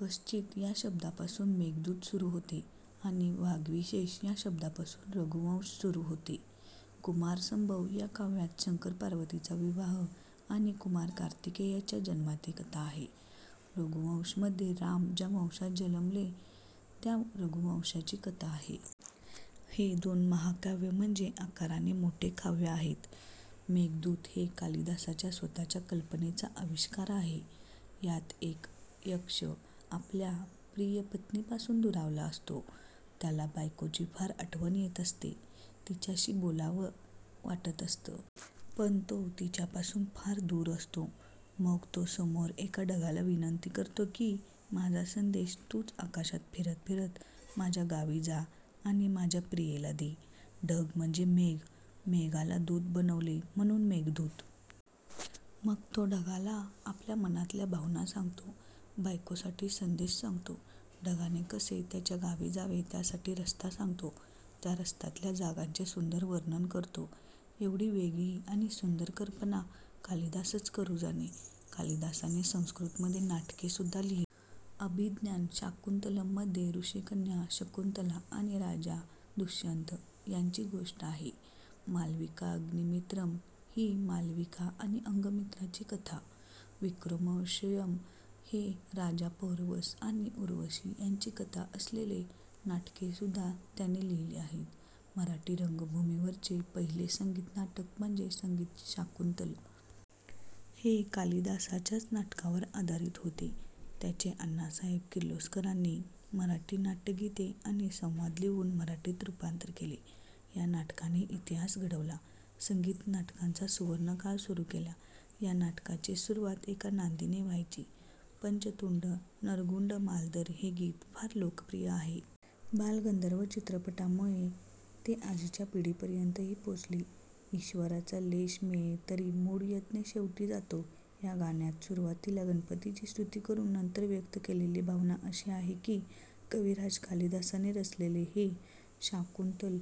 कश्चीत या शब्दापासुन मेघदूत सुरु होते आणि वाग्विशेष या शब्दापासुन रघुवंश सुरु होते. कुमारसंभव या काव्यात शंकर पार्वतीचा विवाह आणि कुमार कार्तिकेयाच्या जन्माची कथा आहे. रघुवंश मध्ये राम ज्या वंशात जन्मले त्या रघुवंशाची कथा आहे. हे दोन महाकाव्य म्हणजे आकाराने मोठे काव्य आहेत. मेघदूत हे कालिदासाच्या स्वतःच्या कल्पनेचा अविष्कार आहे. यात एक यक्ष आपल्या प्रिय पत्नीपासुन दुरावला असतो. त्याला बायकोची फार आठवण येत असते. तिच्याशी बोलावं वाटत असतं. पण तो तिच्यापासुन फार दूर असतो. मग तो समोर एका ढगाला विनंती करतो कि माझा संदेश तुच आकाशात फिरत फिरत माझ्या गावी जा आणि माझ्या प्रियेला दे. ढग म्हणजे मेघ. मेघाला दुत बनवले म्हणुन मेघदूत. मग तो ढगाला आपल्या मनातल्या भावना सांगतो. बायकोसाठी संदेश सांगतो. ढगाने कसे त्याच्या गावी जावे त्यासाठी रस्ता सांगतो. त्या रस्त्यातल्या जागांचे सुंदर वर्णन करतो. एवढी वेगळी आणि सुंदर कल्पना कालिदासच करू जाणे. कालिदासाने संस्कृत मध्ये नाटके सुद्धा लिहिली. अभिज्ञान शाकुंतलम् मध्ये ऋषिकन्या शकुंतला आणि राजा दुष्यंत यांची गोष्ट आहे. मालविकाग्निमित्रम हि मालविका आणि अंगमित्राची कथा, विक्रमोर्वशियम हे राजा पौरवस आणि उर्वशी यांची कथा असलेली नाटकेसुद्धा त्याने लिहिली आहेत. मराठी रंगभूमीवरचे पहिले संगीत नाटक म्हणजे संगीत शाकुंतल. हे कालिदासाच्याच नाटकावर आधारित होते. त्याचे अण्णासाहेब किर्लोस्करांनी मराठी नाट्यगीते आणि संवाद लिहुन मराठीत रूपांतर केले. ह्या नाटकाने इतिहास घडवला, संगीत नाटकांचा सुवर्णकाळ सुरु केला. ह्या नाटकाची सुरुवात एका नांदीने व्हायची. पंचतुंड नरगुंडमालधर हे गीत फार लोकप्रिय आहे. बालगंधर्व चित्रपटामुळे ते आजच्या पिढीपर्यंतही पोहोचले. ईशवराचा लेश मिळे तरि मूढयत्न शेवटिं जातो. ह्या गाण्यात सुरुवातीला गणपतीची स्तुती करून नंतर व्यक्त केलेली भावना अशी आहे कि कविराज कालिदासाने रचलेले हे शाकुंतल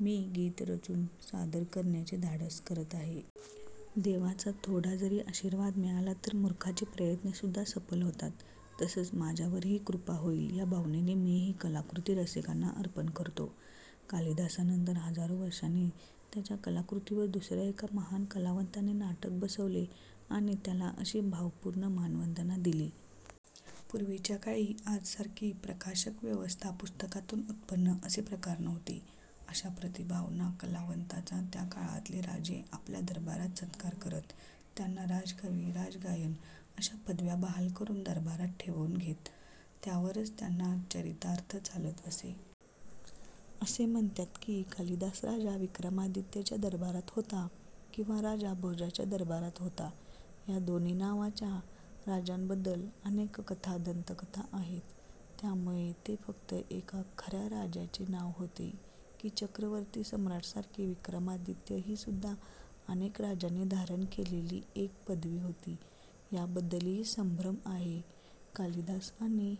मी गीते रचुन सादर करण्याचे धाडस करत आहे. देवाचा थोडाजरी आशीर्वाद मिळाला तर मूर्खाचे प्रयत्नसुद्धा सफल होतात. तसंच माझ्यावरही कृपा होईल या भावनेने मी हि कलाकृती रसिकांना अर्पण करतो. कालिदासानंतर हजारो वर्षांनी त्याच्या कलाकृतीवर दुसऱ्या एका महान कलावंताने नाटक बसवले आणि त्याला अशी भावपूर्ण मानवंदना दिली. पूर्वीच्या काळी आजसारखी प्रकाशन व्यवस्था, पुस्तकांतुन उत्पन्न असे प्रकार नव्हते. अशा प्रतिभावान कलावंतांचा त्याकाळातले राजे आपल्या दरबारात सत्कार करत, त्यांना राजकवी, राजगायक अशा पदव्या बहाल करून दरबारात ठेवुन घेत. त्यावरच त्यांचा चरितार्थ चालत असे. असे म्हणतात कि कालिदास राजा विक्रमादित्याच्या दरबारात होता. किंवा राजा भोजाच्या दरबारात होता. ह्या दोन्ही नावाच्या राजांबद्दल अनेक कथा दंतकथा आहेत त्यामुळे ते फक्त एका खऱ्या राजाचे नाव होते कि चक्रवर्ती सम्राट सारखी विक्रमादित्य हीसुद्धा अनेक राजांनी धारण केलेली एक पदवी होती याबद्दलही संभ्रम आहे. कालिदास आणि